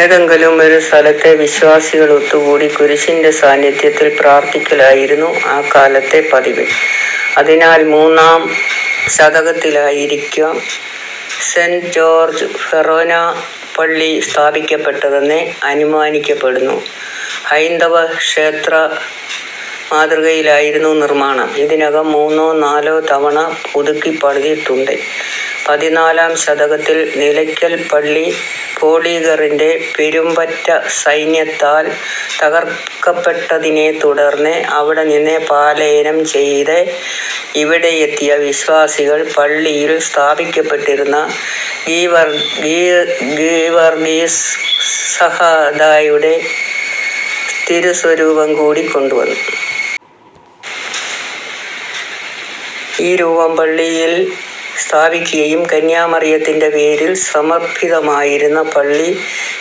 ഏതെങ്കിലും ഒരു സ്ഥലത്ത് വിശ്വാസികൾ ഒത്തുകൂടി കുരിശിൻ്റെ സാന്നിധ്യത്തിൽ പ്രാർഥിക്കലായിരുന്നു അക്കാലത്ത് പതിവ്. അതിനാൽ മൂന്നാം ശതകത്തിലായിരിക്കാം സെന്റ് ജോർജ് ഫെറോനാ പള്ളി സ്ഥാപിക്കപ്പെട്ടതെന്ന് അനുമാനിക്കപ്പെടുന്നു. ഹൈന്ദവ ക്ഷേത്ര മാതൃകയിലായിരുന്നു നിർമ്മാണം. ഇതിനകം മൂന്നോ നാലോ തവണ പുതുക്കിപ്പണിതിട്ടുണ്ട്. പതിനാലാം ശതകത്തിൽ നിലയ്ക്കൽ പള്ളി പോളിഗറിൻ്റെ പെരുംപറ്റ സൈന്യത്താൽ തകർക്കപ്പെട്ടതിനെ തുടർന്ന് അവിടെനിന്ന് പലായനം ചെയ്ത് ഇവിടെയെത്തിയ വിശ്വാസികൾ പള്ളിയിൽ സ്ഥാപിക്കപ്പെട്ടിരുന്ന ഗീവർഗീസ് സഹദായുടെ തിരുസ്വരൂപം കൂടി കൊണ്ടുവന്നു. ഈ രൂപം പള്ളിയിൽ സ്ഥാപിക്കുകയും കന്യാമറിയത്തിൻ്റെ പേരിൽ സമർപ്പിതമായിരുന്ന പള്ളി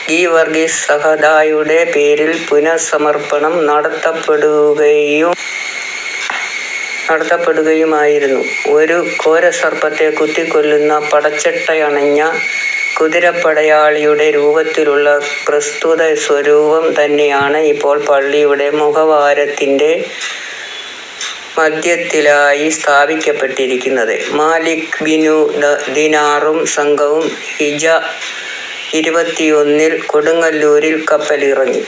ഗീവർഗീസ് സഹദായുടെ പേരിൽ പുനഃസമർപ്പണം നടത്തപ്പെടുകയുമായിരുന്നു. ഒരു ഘോരസർപ്പത്തെ കുത്തിക്കൊല്ലുന്ന പടച്ചട്ടയണിഞ്ഞ കുതിരപ്പടയാളിയുടെ രൂപത്തിലുള്ള പ്രസ്തുത സ്വരൂപം തന്നെയാണ് ഇപ്പോൾ പള്ളിയുടെ മുഖവാരത്തിൻ്റെ മധ്യത്തിലായി സ്ഥാപിക്കപ്പെട്ടിരിക്കുന്നത്. മാലിക് ബിനു ദിനാറും സംഘവും ഹിജ്റ ഇരുപത്തിയൊന്നിൽ കൊടുങ്ങല്ലൂരിൽ കപ്പലിറങ്ങി.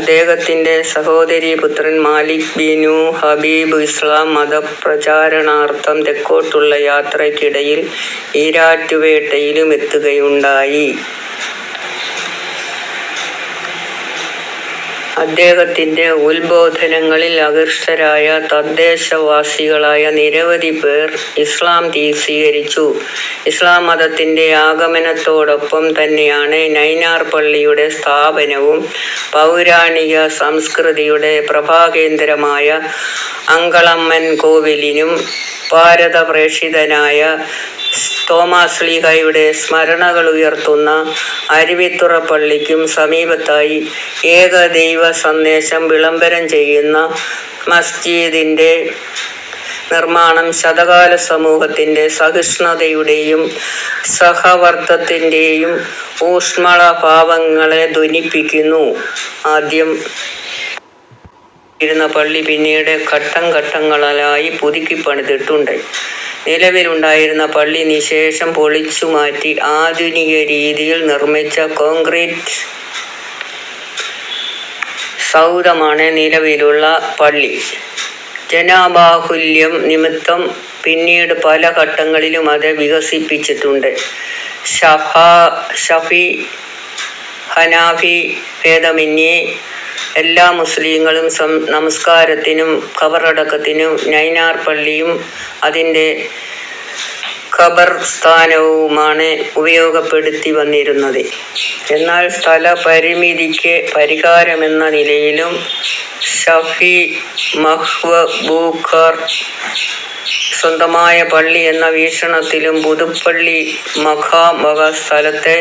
അദ്ദേഹത്തിൻ്റെ സഹോദരീപുത്രൻ മാലിക് ബിനു ഹബീബ് ഇസ്ലാം മതപ്രചാരണാർഥം തെക്കോട്ടുള്ള യാത്രയ്ക്കിടയിൽ ഈരാറ്റുപേട്ടയിലും എത്തുകയുണ്ടായി. അദ്ദേഹത്തിൻ്റെ ഉദ്ബോധനങ്ങളിൽ ആകൃഷ്ടരായ തദ്ദേശവാസികളായ നിരവധി പേർ ഇസ്ലാം സ്വീകരിച്ചു. ഇസ്ലാം മതത്തിൻ്റെ ആഗമനത്തോടൊപ്പം തന്നെയാണ് നൈനാർ പള്ളിയുടെ സ്ഥാപനവും. പൗരാണിക സംസ്കൃതിയുടെ പ്രഭവകേന്ദ്രമായ അങ്കാളമ്മൻ കോവിലിനും ഭാരതപ്രേക്ഷിതനായ തോമാശ്ലീഹായുടെ സ്മരണകളുണർത്തുന്ന അരുവിത്തുറ പള്ളിക്കും സമീപത്തായി ഏകദൈവ സന്ദേശം വിളംബരം ചെയ്യുന്ന മസ്ജിദിൻ്റെ നിർമ്മാണം ഗതകാല സമൂഹത്തിൻ്റെ സഹിഷ്ണുതയുടെയും സഹവർത്തിത്വത്തിൻ്റെ യും ഊഷ്മള ഭാവങ്ങളെ ധ്വനിപ്പിക്കുന്നു. ആദ്യം കേവലം ഒരു ഷെഡ് മാത്രമായിരുന്ന പള്ളി പിന്നീട് ഘട്ടം ഘട്ടങ്ങളായി പുതുക്കിപ്പണിതിട്ടുണ്ട്. നിലവിലുണ്ടായിരുന്ന പള്ളി നിശ്ശേഷം പൊളിച്ചുമാറ്റി ആധുനിക രീതിയിൽ നിർമിച്ച കോൺക്രീറ്റ് സൗധമാണ് നിലവിലുള്ള പള്ളി. ജനബാഹുല്യം നിമിത്തം പിന്നീട് പല ഘട്ടങ്ങളിലും അത് വികസിപ്പിച്ചിട്ടുണ്ട്. ശാഫി, ഹനഫി ഭേദമെന്യേ എല്ലാ മുസ്ലിംകളും നമസ്കാരത്തിനും ഖബറടക്കത്തിനും നൈനാർ പള്ളിയും അതിൻ്റെ ഖബർസ്ഥാനുമാണ് ഉപയോഗപ്പെടുത്തിവന്നിരുന്നത്. എന്നാൽ സ്ഥലപരിമിതിക്ക് പരിഹാരം എന്ന നിലയിലും ശാഫി മദ്ഹബുകാർക്ക് സ്വന്തമായ പള്ളി എന്ന വീക്ഷണത്തിലും പുതുപ്പള്ളി മഖാം വക സ്ഥലത്ത്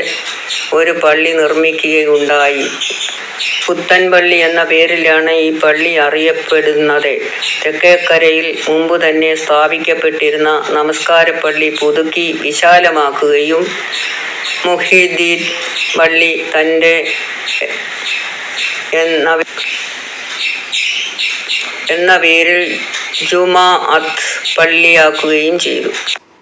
ഒരു പള്ളി നിർമ്മിക്കുകയുണ്ടായി. പുത്തൻപള്ളി എന്ന പേരിലാണ് ഈ പള്ളി അറിയപ്പെടുന്നത്. തെക്കേക്കരയിൽ മുമ്പുതന്നെ സ്ഥാപിക്കപ്പെട്ടിരുന്ന നമസ്കാരപ്പള്ളി പുതുക്കി വിശാലമാക്കുകയും മുഹ്യിദ്ദീൻ പള്ളി എന്ന പേരിൽ ജുമുഅത്ത് പള്ളിയാക്കുകയും ചെയ്തു.